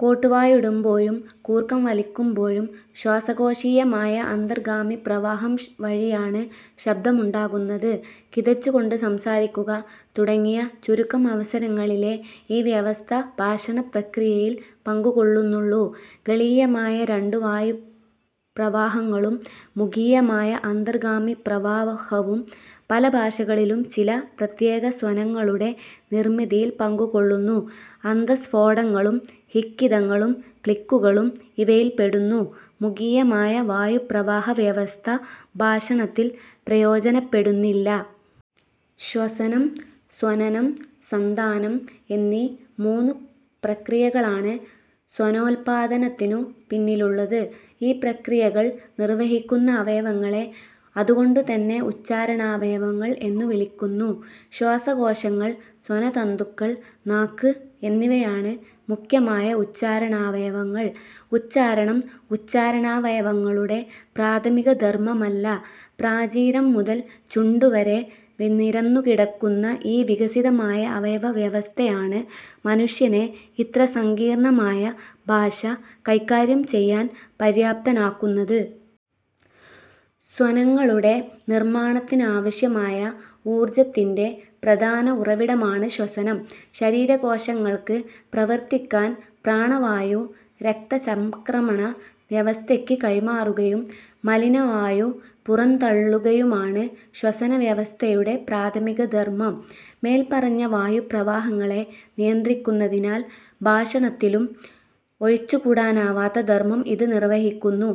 കോട്ടുവായിടുമ്പോഴും കൂർക്കംവലിക്കുമ്പോഴും ശ്വാസകോശീയമായ അന്തർഗാമിപ്രവാഹംവഴിയാണ് ശബ്ദമുണ്ടാകുന്നത്. കിതച്ചുകൊണ്ടു സംസാരിക്കുക, തുടങ്ങിയ ചുരുക്കം അവസരങ്ങളിലേ ഈ വ്യവസ്ഥ ഭാഷണപ്രക്രിയയിൽ പങ്കുകൊള്ളുന്നുള്ളൂ. ഗളീയമായ രണ്ടു വായുപ്രവാഹങ്ങളും മുഖീയമായ അന്തർഗാമിപ്രവാഹവും പല ഭാഷകളിലും ചില പ്രത്യേകസ്വനങ്ങളുടെ നിർമ്മിതിയിൽ പങ്കുകൊള്ളുന്നു. അന്തസ്ഫോടങ്ങളും ഹിക്കിതങ്ങളും ക്ലിക്കുകളും ഇവയിൽപ്പെടുന്നു. മുഖീയമായ വായുപ്രവാഹവ്യവസ്ഥ ഭാഷണത്തിൽ പ്രയോജനപ്പെടുന്നില്ല. ശ്വസനം, സ്വനനം, സന്ധാനം എന്നീ മൂന്നു പ്രക്രിയകളാണ് സ്വനോല്പാദനത്തിനു പിന്നിലുള്ളത്. ഈ പ്രക്രിയകൾ നിർവ്വഹിക്കുന്ന അവയവങ്ങളെ അതുകൊണ്ടുതന്നെ ഉച്ചാരണാവയവങ്ങൾ എന്നു വിളിക്കുന്നു. ശ്വാസകോശങ്ങൾ, സ്വനതന്തുക്കൾ, നാക്ക് എന്നിവയാണ് മുഖ്യമായ ഉച്ചാരണാവയവങ്ങൾ. ഉച്ചാരണം ഉച്ചാരണാവയവങ്ങളുടെ പ്രാഥമികധർമ്മമല്ല. പ്രാചീരം മുതൽ ചുണ്ടുവരെ നിരന്നുകിടക്കുന്ന ഈ വികസിതമായ അവയവവ്യവസ്ഥയാണ് മനുഷ്യനെ ഇത്ര സങ്കീർണ്ണമായ ഭാഷ കൈകാര്യം ചെയ്യാൻ പര്യാപ്തനാക്കുന്നത്. സ്വനങ്ങളുടെ നിർമ്മാണത്തിനാവശ്യമായ ഊർജ്ജത്തിന്റെ പ്രധാന ഉറവിടമാണ് ശ്വസനം. ശരീരകോശങ്ങൾക്ക് പ്രവർത്തിക്കാൻ പ്രാണവായു രക്തചംക്രമണവ്യവസ്ഥയ്ക്ക് കൈമാറുകയും മലിനവായു പുറംതള്ളുകയുമാണ് ശ്വസനവ്യവസ്ഥയുടെ പ്രാഥമികധർമ്മം. മേൽപ്പറഞ്ഞ വായുപ്രവാഹങ്ങളെ നിയന്ത്രിക്കുന്നതിനാൽ ഭാഷണത്തിലും ഒഴിച്ചുകൂടാനാവാത്ത ധർമ്മം ഇത് നിർവ്വഹിക്കുന്നു.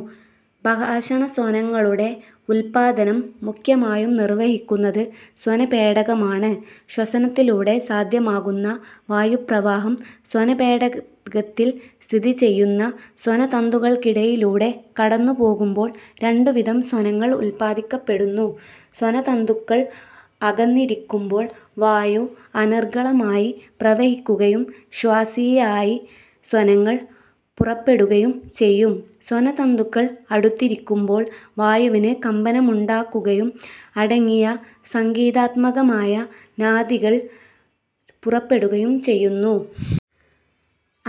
ഭാഷണസ്വനങ്ങളുടെ ഉല്പാദനം മുഖ്യമായും നിർവ്വഹിക്കുന്നത് സ്വനപേടകമാണ്. ശ്വസനത്തിലൂടെ സാധ്യമാകുന്ന വായുപ്രവാഹം സ്വനപേടകത്തിൽ സ്ഥിതി ചെയ്യുന്ന സ്വനതന്തുക്കൾക്കിടയിലൂടെ കടന്നുപോകുമ്പോൾ രണ്ടുവിധം സ്വനങ്ങൾ ഉല്പാദിക്കപ്പെടുന്നു: സ്വനതന്തുക്കൾ അകന്നിരിക്കുമ്പോൾ വായു അനർഗ്ഗളമായി പ്രവഹിക്കുകയും ശ്വാസിയായ സ്വനങ്ങൾ പുറപ്പെടുകയും ചെയ്യും; സ്വനതന്തുക്കൾ അടുത്തിരിക്കുമ്പോൾ വായുവിന് കമ്പനമുണ്ടാകുകയും അടക്കിയ സംഗീതാത്മകമായ നാദികൾ പുറപ്പെടുകയും ചെയ്യുന്നു.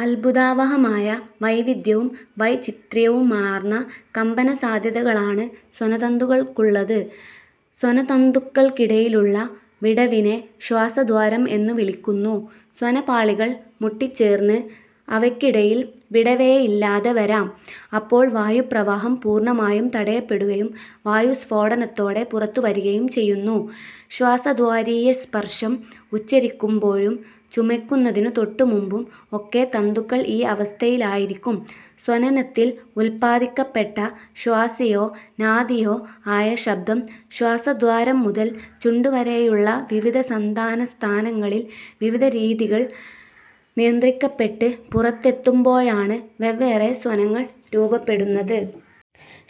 അത്ഭുതാവഹമായ വൈവിധ്യവും വൈചിത്ര്യവുമാർന്ന കമ്പനസാധ്യതകളാണ് സ്വനതന്തുക്കൾക്കുള്ളത്. സ്വനതന്തുക്കൾക്കിടയിലുള്ള വിടവിനെ ശ്വാസദ്വാരം എന്നു വിളിക്കുന്നു. സ്വനപാളികൾ മുട്ടിച്ചേർന്ന് അവയ്ക്കിടയിൽ വിടവേയില്ലാതെ വരാം. അപ്പോൾ വായുപ്രവാഹം പൂർണ്ണമായും തടയപ്പെടുകയും വായു സ്ഫോടനത്തോടെ പുറത്തുവരികയും ചെയ്യുന്നു. ശ്വാസദ്വാരീയസ്പർശം ഉച്ചരിക്കുമ്പോഴും ചുമയ്ക്കുന്നതിനു തൊട്ടുമുൻപും ഒക്കെ തന്തുക്കൾ ഈ അവസ്ഥയിലായിരിക്കും. സ്വനനത്തിൽ ഉല്പാദിക്കപ്പെട്ട ശ്വാസിയോ നാദിയോ ആയ ശബ്ദം ശ്വാസദ്വാരം മുതൽ ചുണ്ടുവരെയുള്ള വിവിധ സന്ധാനസ്ഥാനങ്ങളിൽ വിവിധ രീതിയിൽ നിയന്ത്രിക്കപ്പെട്ട് പുറത്തെത്തുമ്പോഴാണ് വെവ്വേറെ സ്വനങ്ങൾ രൂപപ്പെടുന്നത്.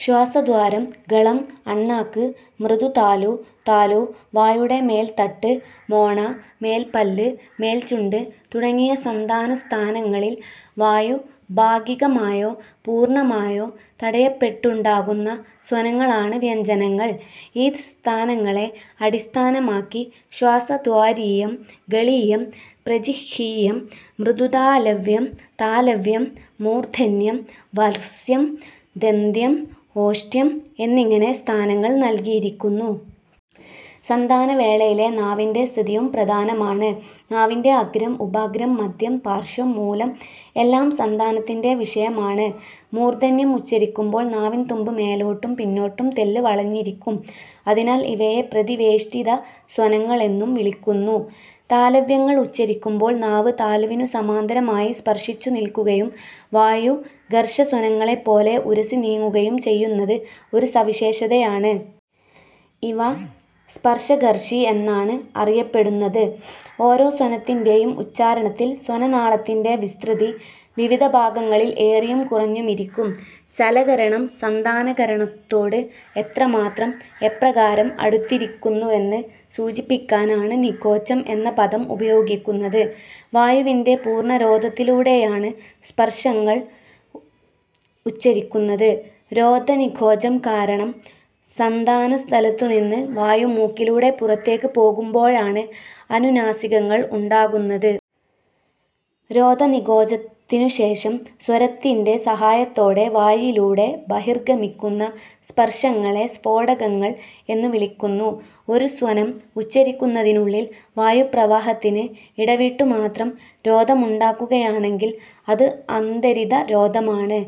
ശ്വാസദ്വാരം, ഗളം, അണ്ണാക്ക്, മൃദുതാലു, താലു, വായുടെ മേൽത്തട്ട്, മോണ, മേൽപ്പല്ല്, മേൽച്ചുണ്ട് തുടങ്ങിയ സന്ധാനസ്ഥാനങ്ങളിൽ വായു ഭാഗികമായോ പൂർണ്ണമായോ തടയപ്പെട്ടുണ്ടാകുന്ന സ്വനങ്ങളാണ് വ്യഞ്ജനങ്ങൾ. ഈ സ്ഥാനങ്ങളെ അടിസ്ഥാനമാക്കി ശ്വാസദ്വാരീയം, ഗളീയം, പ്രജിഹ്വീയം, മൃദുതാലവ്യം, താലവ്യം, മൂർദ്ധന്യം, വർത്സ്യം, ദന്ത്യം, ഓഷ്ഠ്യം എന്നിങ്ങനെ സ്ഥാനങ്ങൾ നൽകിയിരിക്കുന്നു. സന്ധാനവേളയിലെ നാവിന്റെ സ്ഥിതിയും പ്രധാനമാണ്. നാവിന്റെ അഗ്രം, ഉപാഗ്രം, മദ്ധ്യം, പാർശ്വം, മൂലം എല്ലാം സന്ധാനത്തിൽ വിഷയമാണ്. മൂർദ്ധന്യം ഉച്ചരിക്കുമ്പോൾ നാവിൻതുമ്പ് മേലോട്ടും പിന്നോട്ടും തെല്ല് വളഞ്ഞിരിക്കും. അതിനാൽ ഇവയെ പ്രതിവേഷ്ടിതസ്വനങ്ങളെന്നും വിളിക്കുന്നു. താലവ്യങ്ങൾ ഉച്ചരിക്കുമ്പോൾ നാവ് താലുവിനു സമാന്തരമായി സ്പർശിച്ചുനിൽക്കുകയും വായു ഘർഷസ്വനങ്ങളെപ്പോലെ ഉരസിനീങ്ങുകയും ചെയ്യുന്നത് ഒരു സവിശേഷതയാണ്. ഇവ സ്പർശഘർഷി എന്നാണ് അറിയപ്പെടുന്നത്. ഓരോ സ്വനത്തിന്റെയും ഉച്ചാരണത്തിൽ സ്വനനാളത്തിന്റെ വിസ്തൃതി വിവിധ ഭാഗങ്ങളിൽ ഏറിയും കുറഞ്ഞുമിരിക്കും. ചലകരണം സന്ധാനകരണത്തോട് എത്രമാത്രം, എപ്രകാരം അടുത്തിരിക്കുന്നുവെന്ന് സൂചിപ്പിക്കാനാണ് 'നികോചം' എന്ന പദം ഉപയോഗിക്കുന്നത്. വായുവിന്റെ പൂർണ്ണരോധത്തിലൂടെയാണ് സ്പർശങ്ങൾ ഉച്ചരിക്കുന്നത്. രോധനികോചം കാരണം സന്ധാനസ്ഥലത്തുനിന്ന് വായു മൂക്കിലൂടെ പുറത്തേക്ക് പോകുമ്പോഴാണ് അനുനാസികങ്ങൾ ഉണ്ടാകുന്നത്. രോധനികോചത്തിനുശേഷം സ്വരത്തിന്റെ സഹായത്തോടെ വായിലൂടെ ബഹിർഗമിക്കുന്ന സ്പർശങ്ങളെ സ്ഫോടകങ്ങൾ എന്നുവിളിക്കുന്നു. ഒരു സ്വനം ഉച്ചരിക്കുന്നതിനുള്ളിൽ വായുപ്രവാഹത്തിന് ഇടവിട്ടുമാത്രം രോധമുണ്ടാകുകയാണെങ്കിൽ അത് അന്തരിതരോധമാണ്.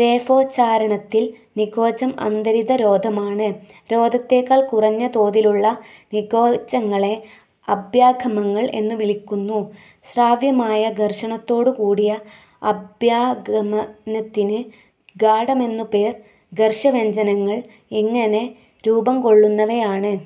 രേഫോച്ചാരണത്തിൽ നികോചം അന്തരിതരോധമാണ്. രോധത്തെക്കാൾ കുറഞ്ഞ തോതിലുള്ള നികോചങ്ങളെ അഭ്യാഗമങ്ങൾ എന്നുവിളിക്കുന്നു. ശ്രാവ്യമായ ഘർഷണത്തോടുകൂടിയ അഭ്യാഗമനത്തിന് ഗാഢമെന്നു പേർ. ഘർഷവ്യഞ്ജനങ്ങൾ ഇങ്ങനെ രൂപംകൊള്ളുന്നവയാണ്.